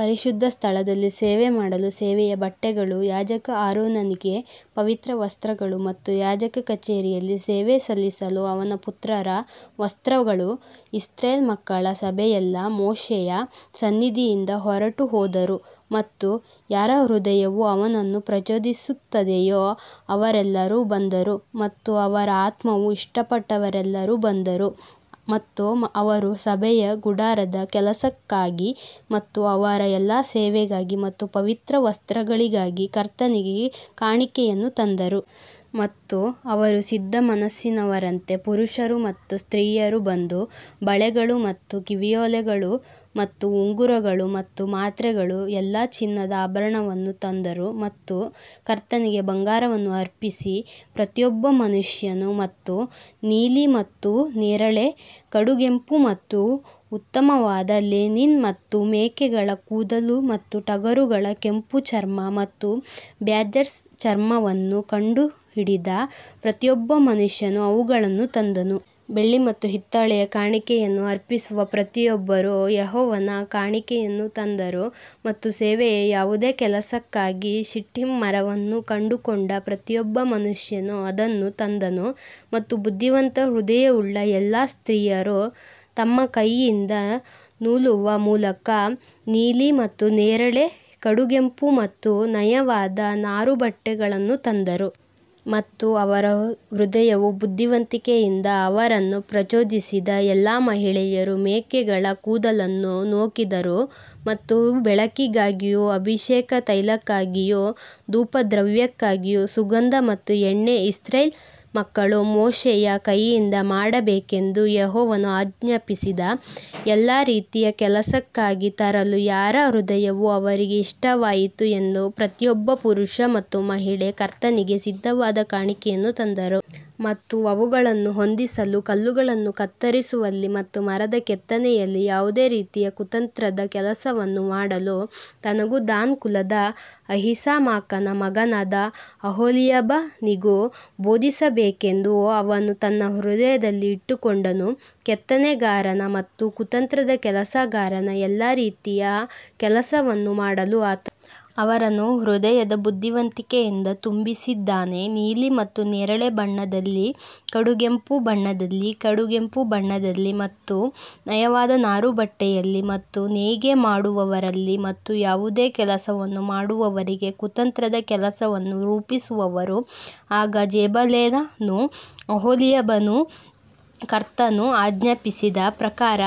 ಪರಿಶುದ್ಧ ಸ್ಥಳದಲ್ಲಿ ಸೇವೆ ಮಾಡಲು ಸೇವೆಯ ಬಟ್ಟೆಗಳು ಯಾಜಕ ಆರೋನನಿಗೆ ಪವಿತ್ರ ವಸ್ತ್ರಗಳು ಮತ್ತು ಯಾಜಕ ಕಚೇರಿಯಲ್ಲಿ ಸೇವೆ ಸಲ್ಲಿಸಲು ಅವನ ಪುತ್ರರ ವಸ್ತ್ರಗಳು ಇಸ್ರಾಯೇಲ್ ಮಕ್ಕಳ ಸಭೆಯೆಲ್ಲಾ ಮೋಶೆಯ ಸನ್ನಿಧಿಯಿಂದ ಹೊರಟುಹೋದರು ಮತ್ತು ಯಾರ ಹೃದಯವು ಅವನನ್ನು ಪ್ರಚೋದಿಸುತ್ತದೆಯೋ ಅವರೆಲ್ಲರೂ ಬಂದರು ಮತ್ತು ಅವರ ಆತ್ಮವು ಇಷ್ಟಪಟ್ಟವರೆಲ್ಲರೂ ಬಂದರು ಮತ್ತು ಅವರು ಸಭೆಯ ಗುಡಾರದ ಕೆಲಸಕ್ಕಾಗಿ ಮತ್ತು ಅವರ ಎಲ್ಲಾ ಸೇವೆಗಾಗಿ ಮತ್ತು ಪವಿತ್ರ ವಸ್ತ್ರಗಳಿಗಾಗಿ ಕರ್ತನಿಗೆ ಕಾಣಿಕೆಯನ್ನು ತಂದರು. ಮತ್ತು ಅವರು ಸಿದ್ಧಮನಸ್ಸಿನವರಂತೆ ಪುರುಷರು ಮತ್ತು ಸ್ತ್ರೀಯರು ಬಂದು ಬಳೆಗಳು ಮತ್ತು ಕಿವಿಯೋಲೆಗಳು ಮತ್ತು ಉಂಗುರಗಳು ಮತ್ತು ಮಾತ್ರೆಗಳು ಎಲ್ಲಾ ಚಿನ್ನದ ಆಭರಣಗಳನ್ನು ತಂದರು ಮತ್ತು ಕರ್ತನಿಗೆ ಬಂಗಾರವನ್ನು ಅರ್ಪಿಸಿದ ಪ್ರತಿಯೊಬ್ಬ ಮನುಷ್ಯನು. ಮತ್ತು ನೀಲಿ ಮತ್ತು ನೇರಳೆ, ಕಡುಗೆಂಪು ಮತ್ತು ಉತ್ತಮವಾದ ಲಿನಿನ್ ಮತ್ತು ಮೇಕೆಗಳ ಕೂದಲು ಮತ್ತು ಟಗರುಗಳ ಕೆಂಪು ಚರ್ಮ ಮತ್ತು ಬ್ಯಾಜರ್ಸ್ ಚರ್ಮಗಳನ್ನು ಕಂಡುಹಿಡಿದ ಪ್ರತಿಯೊಬ್ಬ ಮನುಷ್ಯನು ಅವುಗಳನ್ನು ತಂದನು. ಬೆಳ್ಳಿ ಮತ್ತು ಹಿತ್ತಾಳೆಯ ಕಾಣಿಕೆಯನ್ನು ಅರ್ಪಿಸುವ ಪ್ರತಿಯೊಬ್ಬರೂ ಯೆಹೋವನ ಕಾಣಿಕೆಯನ್ನು ತಂದರು ಮತ್ತು ಸೇವೆಯ ಯಾವುದೇ ಕೆಲಸಕ್ಕಾಗಿ ಶಿಟ್ಟಿಮ್ ಮರವನ್ನು ಕಂಡುಕೊಂಡ ಪ್ರತಿಯೊಬ್ಬ ಮನುಷ್ಯನು ಅದನ್ನು ತಂದನು. ಮತ್ತು ಬುದ್ಧಿವಂತ ಹೃದಯವುಳ್ಳ ಎಲ್ಲಾ ಸ್ತ್ರೀಯರು ತಮ್ಮ ಕೈಗಳಿಂದ ನೂಲುವ ಮೂಲಕ ನೀಲಿ ಮತ್ತು ನೇರಳೆ, ಕಡುಗೆಂಪು ಮತ್ತು ನಯವಾದ ನಾರುಬಟ್ಟೆಗಳನ್ನು ತಂದರು. ಮತ್ತು ಅವರ ಹೃದಯವು ಬುದ್ಧಿವಂತಿಕೆಯಿಂದ ಅವರನ್ನು ಪ್ರಚೋದಿಸಿದ ಎಲ್ಲಾ ಮಹಿಳೆಯರು ಮೇಕೆಗಳ ಕೂದಲನ್ನು ನೂಕಿದರು ಮತ್ತು ಬೆಳಕಿಗಾಗಿಯೂ ಅಭಿಷೇಕ ತೈಲಕ್ಕಾಗಿಯೂ ಧೂಪದ್ರವ್ಯಕ್ಕಾಗಿಯೂ ಸುಗಂಧ ಮತ್ತು ಎಣ್ಣೆ ಇಸ್ರಾಯೇಲ್ ಮಕ್ಕಳು ಮೋಶೆಯ ಕೈಯಿಂದ ಮಾಡಬೇಕೆಂದು ಯೆಹೋವನು ಆಜ್ಞಾಪಿಸಿದ ಎಲ್ಲಾ ರೀತಿಯ ಕೆಲಸಕ್ಕಾಗಿ ತರಲು ಯಾರ ಹೃದಯವು ಅವರಿಗೆ ಇಷ್ಟವಾಯಿತು ಎಂದು ಪ್ರತಿಯೊಬ್ಬ ಪುರುಷ ಮತ್ತು ಮಹಿಳೆ ಕರ್ತನಿಗೆ ಸಿದ್ಧವಾದ ಕಾಣಿಕೆಯನ್ನು ತಂದರು. ಮತ್ತು ಅವುಗಳನ್ನು ಹೊಂದಿಸಲು ಕಲ್ಲುಗಳನ್ನು ಕತ್ತರಿಸುವಲ್ಲಿ ಮತ್ತು ಮರದ ಕೆತ್ತನೆಯಲ್ಲಿ ಯಾವುದೇ ರೀತಿಯ ಕುತಂತ್ರದ ಕೆಲಸವನ್ನು ಮಾಡಲು ತನಗೂ ದಾನ್ ಕುಲದ ಅಹೀಸಾಮಾಕನ ಮಗನಾದ ಅಹೋಲಿಯಾಬನಿಗೂ ಬೋಧಿಸಬೇಕೆಂದು ಅವನು ತನ್ನ ಹೃದಯದಲ್ಲಿ ಇಟ್ಟುಕೊಂಡನು. ಕೆತ್ತನೆಗಾರನ ಮತ್ತು ಕುತಂತ್ರದ ಕೆಲಸಗಾರನ ಎಲ್ಲಾ ರೀತಿಯ ಕೆಲಸಗಳನ್ನು ಮಾಡಲು ಆತನು ಅವರನ್ನು ಹೃದಯದ ಬುದ್ಧಿವಂತಿಕೆಯಿಂದ ತುಂಬಿಸಿದ್ದಾನೆ, ನೀಲಿ ಮತ್ತು ನೇರಳೆ ಬಣ್ಣದಲ್ಲಿ ಕಡುಗೆಂಪು ಬಣ್ಣದಲ್ಲಿ ಕಡುಗೆಂಪು ಬಣ್ಣದಲ್ಲಿ ಮತ್ತು ನಯವಾದ ನಾರುಬಟ್ಟೆಯಲ್ಲಿ ಮತ್ತು ನೇಯ್ಗೆ ಮಾಡುವವರಲ್ಲಿ ಮತ್ತು ಯಾವುದೇ ಕೆಲಸವನ್ನು ಮಾಡುವವರಿಗೆ ಕುತಂತ್ರದ ಕೆಲಸವನ್ನು ರೂಪಿಸುವವರು ಆಗ ಬೆಜಲೇಲನೂ ಅಹೋಲಿಯಾಬನೂ ಕರ್ತನು ಆಜ್ಞಾಪಿಸಿದ ಪ್ರಕಾರ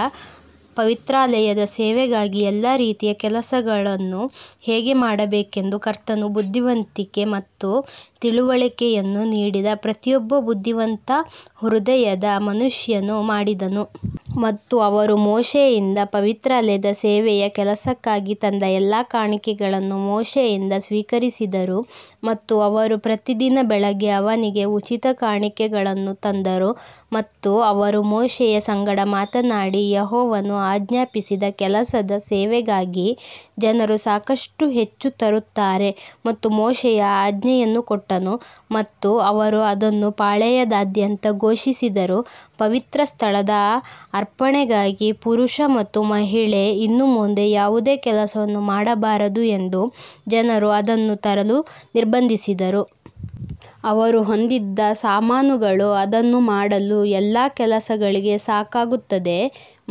ಪವಿತ್ರಾಲಯದ ಸೇವೆಗಾಗಿ ಎಲ್ಲಾ ರೀತಿಯ ಕೆಲಸಗಳನ್ನು ಹೇಗೆ ಮಾಡಬೇಕೆಂದು ಕರ್ತನು ಬುದ್ಧಿವಂತಿಕೆ ಮತ್ತು ತಿಳುವಳಿಕೆಯನ್ನು ನೀಡಿದ ಪ್ರತಿಯೊಬ್ಬ ಬುದ್ಧಿವಂತ ಹೃದಯದ ಮನುಷ್ಯನು ಮಾಡಿದನು. ಮತ್ತು ಅವರು ಮೋಶೆಯಿಂದ ಪವಿತ್ರಾಲಯದ ಸೇವೆಯ ಕೆಲಸಕ್ಕಾಗಿ ತಂದ ಎಲ್ಲಾ ಕಾಣಿಕೆಗಳನ್ನು ಮೋಶೆಯಿಂದ ಸ್ವೀಕರಿಸಿದರು ಮತ್ತು ಅವರು ಪ್ರತಿದಿನ ಬೆಳಿಗ್ಗೆ ಅವನಿಗೆ ಉಚಿತ ಕಾಣಿಕೆಗಳನ್ನು ತಂದರು. ಮತ್ತು ಅವರು ಮೋಶೆಯ ಸಂಗಡ ಮಾತನಾಡಿ, ಯೆಹೋವನು ಆಜ್ಞಾಪಿಸಿದ ಕೆಲಸದ ಸೇವೆಗಾಗಿ ಜನರು ಸಾಕಷ್ಟು ಹೆಚ್ಚು ತರುತ್ತಾರೆ. ಮತ್ತು ಮೋಶೆಯು ಆಜ್ಞೆಯನ್ನು ಕೊಟ್ಟನು ಮತ್ತು ಅವರು ಅದನ್ನು ಪಾಳೆಯದಾದ್ಯಂತ ಘೋಷಿಸಿದರು, ಪವಿತ್ರ ಸ್ಥಳದ ಅರ್ಪಣೆಗಾಗಿ ಪುರುಷ ಅಥವಾ ಮಹಿಳೆ ಇನ್ನು ಮುಂದೆ ಯಾವುದೇ ಕೆಲಸವನ್ನು ಮಾಡಬಾರದು ಎಂದು ಜನರು ಅದನ್ನು ತರಲು ನಿರ್ಬಂಧಿಸಿದರು. ಅವರು ಹೊಂದಿದ್ದ ಸಾಮಾನುಗಳು ಅದನ್ನು ಮಾಡಲು ಎಲ್ಲಾ ಕೆಲಸಗಳಿಗೆ ಸಾಕಾಗುತ್ತದೆ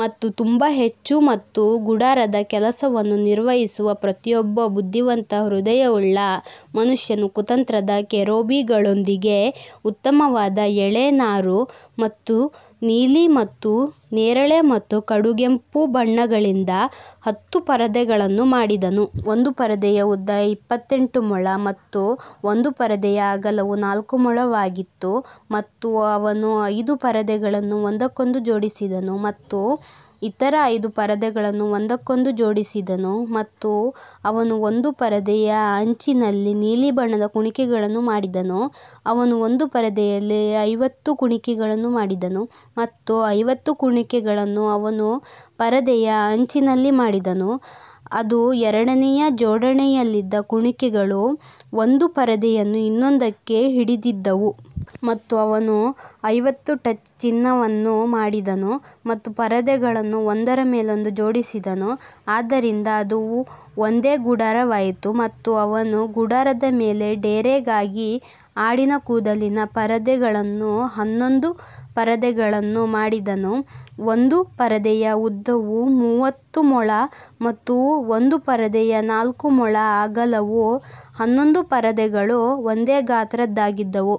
ಮತ್ತು ತುಂಬಾ ಹೆಚ್ಚು ಮತ್ತು ಗುಡಾರದ ಕೆಲಸವನ್ನು ನಿರ್ವಹಿಸುವ ಪ್ರತಿಯೊಬ್ಬ ಬುದ್ಧಿವಂತ ಹೃದಯವುಳ್ಳ ಮನುಷ್ಯನು ಕುತಂತ್ರದ ಕೆರೂಬಿಗಳೊಂದಿಗೆ ಉತ್ತಮವಾದ ಎಳೆ ನಾರು ಮತ್ತು ನೀಲಿ ಮತ್ತು ನೇರಳೆ ಮತ್ತು ಕಡುಗೆಂಪು ಬಣ್ಣಗಳಿಂದ ಹತ್ತು ಪರದೆಗಳನ್ನು ಮಾಡಿದನು. ಒಂದು ಪರದೆಯ ಉದ್ದ ಇಪ್ಪತ್ತೆಂಟು ಮೊಳ ಮತ್ತು ಒಂದು ಪರದೆಯ ಅಗಲವು ನಾಲ್ಕು ಮೊಳವಾಗಿತ್ತು. ಮತ್ತು ಅವನು ಐದು ಪರದೆಗಳನ್ನು ಒಂದಕ್ಕೊಂದು ಜೋಡಿಸಿದನು ಮತ್ತು ಇತರ ಐದು ಪರದೆಗಳನ್ನು ಒಂದಕ್ಕೊಂದು ಜೋಡಿಸಿದನು ಮತ್ತು ಅವನು ಒಂದು ಪರದೆಯ ಅಂಚಿನಲ್ಲಿ ನೀಲಿ ಬಣ್ಣದ ಕುಣಿಕೆಗಳನ್ನು ಮಾಡಿದನು. ಅವನು ಒಂದು ಪರದೆಯಲ್ಲಿ ಐವತ್ತು ಕುಣಿಕೆಗಳನ್ನು ಮಾಡಿದನು ಮತ್ತು ಐವತ್ತು ಕುಣಿಕೆಗಳನ್ನು ಅವನು ಪರದೆಯ ಅಂಚಿನಲ್ಲಿ ಮಾಡಿದನು, ಅದು ಎರಡನೆಯ ಜೋಡಣೆಯಲ್ಲಿದ್ದ ಕುಣಿಕೆಗಳು ಒಂದು ಪರದೆಯನ್ನು ಇನ್ನೊಂದಕ್ಕೆ ಹಿಡಿದಿದ್ದವು. ಮತ್ತು ಅವನು ಐವತ್ತು ಟಚ್ ಚಿನ್ನವನ್ನು ಮಾಡಿದನು ಮತ್ತು ಪರದೆಗಳನ್ನು ಒಂದರ ಮೇಲೊಂದು ಜೋಡಿಸಿದನು, ಆದ್ದರಿಂದ ಅದು ಒಂದೇ ಗುಡಾರವಾಯಿತು. ಮತ್ತು ಅವನು ಗುಡಾರದ ಮೇಲೆ ಡೇರೆಗಾಗಿ ಆಡಿನ ಕೂದಲಿನ ಪರದೆಗಳನ್ನು ಹನ್ನೊಂದು ಪರದೆಗಳನ್ನು ಮಾಡಿದನು. ಒಂದು ಪರದೆಯ ಉದ್ದವು ಮೂವತ್ತು ಮೊಳ ಮತ್ತು ಒಂದು ಪರದೆಯ ನಾಲ್ಕು ಮೊಳ ಅಗಲವು ಹನ್ನೊಂದು ಪರದೆಗಳು ಒಂದೇ ಗಾತ್ರದ್ದಾಗಿದ್ದವು.